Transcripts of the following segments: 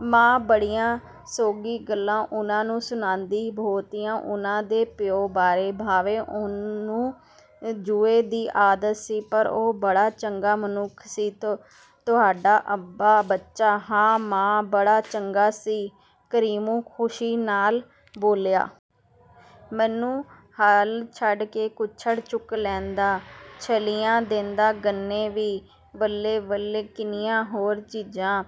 ਮਾਂ ਬੜੀਆਂ ਸੋਗੀ ਗੱਲਾਂ ਉਨ੍ਹਾਂ ਨੂੰ ਸੁਣਾਂਦੀ, ਬਹੁਤੀਆਂ ਉਨ੍ਹਾਂ ਦੇ ਪਿਉ ਬਾਰੇ। "ਭਾਵੇਂ ਉਹਨੂੰ ਜੂਏ ਦੀ ਆਦਤ ਸੀ, ਪਰ ਉਹ ਬੜਾ ਚੰਗਾ ਮਨੁੱਖ ਸੀ, ਤੁਹਾਡਾ ਅੱਬਾ, ਬੱਚਾ। "ਹਾਂ ਮਾਂ, ਬੜਾ ਚੰਗਾ ਸੀ", ਕਰੀਮੂ ਖ਼ੁਸ਼ੀ ਨਾਲ ਬੋਲਿਆ। "ਮੈਨੂੰ ਹਲ ਛੱਡ ਕੇ ਕੁੱਛੜ ਚੁੱਕ ਲੈਂਦਾ, ਛੱਲੀਆਂ ਦਿੰਦਾ, ਗੰਨੇ ਵੀ। ਵੇਲੇ-ਵੇਲੇ ਕਿੰਨੀਆਂ ਹੋਰ ਚੀਜ਼ਾਂ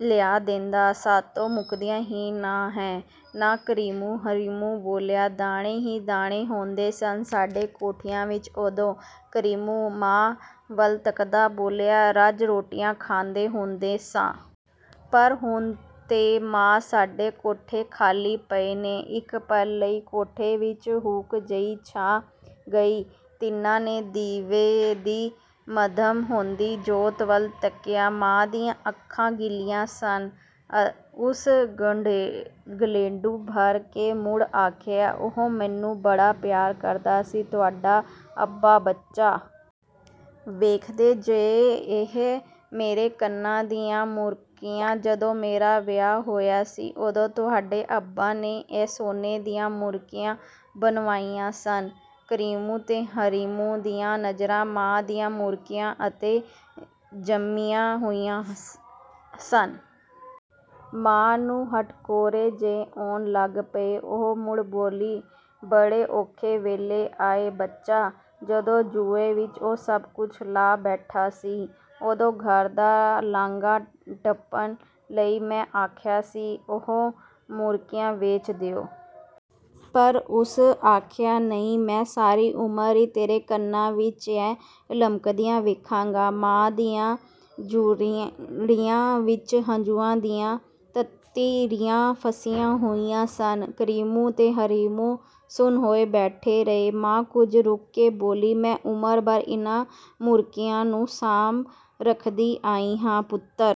ਲਿਆ ਦਿੰਦਾ। ਸਾਥੋਂ ਮੁਕਦੀਆਂ ਹੀ ਨਾ ਹੈ ਨਾ ਕਰੀਮੂ?" ਰਹੀਮੂ ਬੋਲਿਆ। "ਦਾਣੇ ਹੀ ਦਾਣੇ ਹੁੰਦੇ ਸਨ ਸਾਡੇ ਕੋਠਿਆਂ ਵਿੱਚ ਉਦੋਂ", ਕਰੀਮੂ ਮਾਂ ਵੱਲ ਤਕਦਾ ਬੋਲਿਆ, "ਰੱਜ ਰੋਟੀਆਂ ਖਾਂਦੇ ਹੁੰਦੇ ਸਾਂ। ਪਰ ਹੁਣ ਤੇ, ਮਾਂ ਸਾਡੇ ਕੋਠੇ ਖ਼ਾਲੀ ਪਏ ਨੇ। ਇੱਕ ਪਲ ਲਈ ਕੋਠੇ ਵਿੱਚ ਹੂਕ ਜਿਹੀ ਛਾ ਗਈ। ਤਿੰਨਾਂ ਨੇ ਦੀਵੇ ਦੀ ਮੱਧਮ ਹੁੰਦੀ ਜੋਤ ਵੱਲ ਤੱਕਿਆ। ਮਾਂ ਦੀਆਂ ਅੱਖਾਂ ਗਿੱਲੀਆਂ ਸਨ। ਉਸ ਗਲੇਡੂ ਭਰ ਕੇ ਮੁੜ ਆਖਿਆ, "ਉਹ ਮੈਨੂੰ ਬੜਾ ਪਿਆਰ ਕਰਦਾ ਸੀ ਤੁਹਾਡਾ ਅੱਬਾ, ਬੱਚਾ। ਵੇਖਦੇ ਜੇ ਇਹ ਮੇਰੇ ਕੰਨਾਂ ਦੀਆਂ ਮੁਰਕੀਆਂ? ਜਦੋਂ ਮੇਰਾ ਵਿਆਹ ਹੋਇਆ ਸੀ, ਉਦੋਂ ਤੁਹਾਡੇ ਅੱਬਾ ਨੇ ਇਹ ਸੋਨੇ ਦੀਆਂ ਮੁਰਕੀਆਂ ਬਣਵਾਈਆਂ ਸਨ। ਕਰੀਮੂ ਤੇ ਰਹੀਮੂ ਦੀਆਂ ਨਜ਼ਰਾਂ ਮਾਂ ਦੀਆਂ ਮੁਰਕੀਆਂ ਤੇ ਜੰਮੀਆਂ ਹੋਈਆਂ ਸਨ। ਮਾਂ ਨੂੰ ਹਟਕੋਰੇ ਜਿਹੇ ਆਉਣ ਲੱਗ ਪਏ। ਉਹ ਮੁੜ ਬੋਲੀ, "ਬੜੇ ਔਖੇ ਵੇਲੇ ਆਏ, ਬੱਚਾ। ਜਦੋਂ ਜੂਏ ਵਿਚ ਉਹ ਸਭ ਕੁਝ ਲਾ ਬੈਠਾ ਸੀ, ਓਦੋਂ ਘਰ ਦਾ ਲਾਂਘਾ ਟਪਾਣ ਲਈ ਮੈਂ ਆਖਿਆ ਸੀ, ਇਹ ਮੁਰਕੀਆਂ ਵੇਚ ਦਿਉ। ਪਰ ਉਸ ਆਖਿਆ ਨਹੀਂ, ਮੈਂ ਸਾਰੀ ਉਮਰ ਹੀ ਤੇਰੇ ਕੰਨਾਂ ਵਿੱਚ ਇਹ ਲਮਕਦੀਆਂ ਵੇਖਾਂਗਾ।" ਮਾਂ ਦੀਆਂ ਝੁਰੜੀਆਂ ਵਿੱਚ ਹੰਝੂਆਂ ਦੀਆਂ ਤਤੀਰੀਆਂ ਫਸੀਆਂ ਹੋਈਆਂ ਸਨ। ਕਰੀਮੂ ਤੇ ਰਹੀਮੂ ਸੁੰਨ ਹੋਏ ਬੈਠੇ ਰਹੇ। ਮਾਂ ਕੁਝ ਰੁਕ ਕੇ ਬੋਲੀ, "ਮੈਂ ਉਮਰ ਭਰ ਇਹਨਾਂ ਮੁਰਕੀਆਂ ਨੂੰ ਸਾਂਭ ਰਖਦੀ ਆਈ ਹਾਂ, ਪੁੱਤਰ।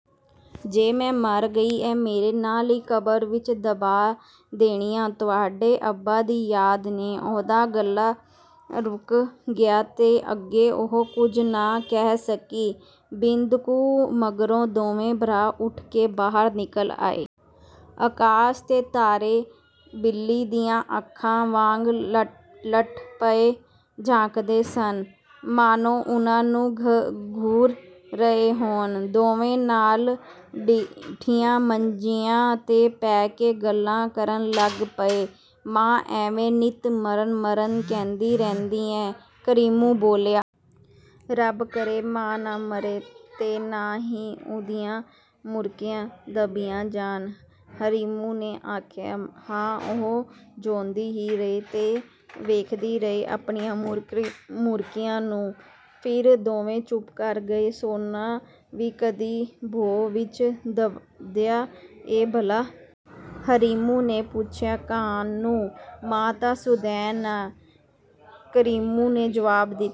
ਜੇ ਮੈਂ ਮਰ ਗਈ, ਇਹ ਮੇਰੇ ਨਾਲ ਹੀ ਕਬਰ ਵਿੱਚ ਦਬਾ ਦੇਣੀਆਂ, ਤੁਹਾਡੇ ਅੱਬਾ ਦੀ ਯਾਦ ਨੇ।" ਉਹਦਾ ਗਲਾ ਰੁਕ ਗਿਆ ਤੇ ਅੱਗੋਂ ਉਹ ਕੁਝ ਨਾ ਕਹਿ ਸਕੀ। ਬਿੰਦ ਕੁ ਮਗਰੋਂ ਦੋਵੇਂ ਭਰਾ ਉੱਠ ਕੇ ਬਾਹਰ ਨਿਕਲ ਆਏ। ਆਕਾਸ਼ ਤੇ ਤਾਰੇ ਬਿੱਲੀ ਦੀਆਂ ਅੱਖਾਂ ਵਾਂਗ ਲਟ-ਲਟ ਪਏ ਝਾਕਦੇ ਸਨ, ਮਾਨੋਂ ਉਨ੍ਹਾਂ ਨੂੰ ਘੂਰ ਰਹੇ ਹੋਣ। ਦੋਵੇਂ ਨਾਲ ਡੱਠੀਆਂ ਮੰਜੀਆਂ ਤੇ ਪੈ ਕੇ ਗੱਲਾਂ ਕਰਨ ਲੱਗ ਪਏ। "ਮਾਂ ਐਵੇਂ ਨਿੱਤ ਮਰਨ-ਮਰਨ ਕਰਦੀ ਰਹਿੰਦੀ ਆ", ਕਰੀਮੂ ਬੋਲਿਆ। "ਰੱਬ ਕਰੇ, ਮਾਂ ਨਾ ਮਰੇ ਤੇ ਨਾ ਹੀ ਉਹਦੀਆਂ ਮੁਰਕੀਆਂ ਦੱਬੀਆਂ ਜਾਣ", ਰਹੀਮੂ ਨੇ ਆਖਿਆ। "ਹਾਂ ਉਹ ਜਿਉਂਦੀ ਹੀ ਰਹੇ ਤੇ ਵੇਖਦੀ ਰਹੇ ਆਪਣੀਆਂ ਮੁਰਕੀਆਂ ਨੂੰ। " ਫਿਰ ਦੋਵੇਂ ਚੁੱਪ ਕਰ ਗਏ। "ਸੋਨਾ ਵੀ ਕਦੀ ਭੋਂ ਵਿਚ ਦੱਬੀਂਦਾ ਏ ਭਲਾ?" ਰਹੀਮੂ ਨੇ ਪੁੱਛਿਆ। "ਕਾਹਨੂੰ? ਮਾਂ ਤਾਂ ਸੁਦੈਣ ਆ," ਕਰੀਮੂ ਨੇ ਜਵਾਬ ਦਿੱਤਾ।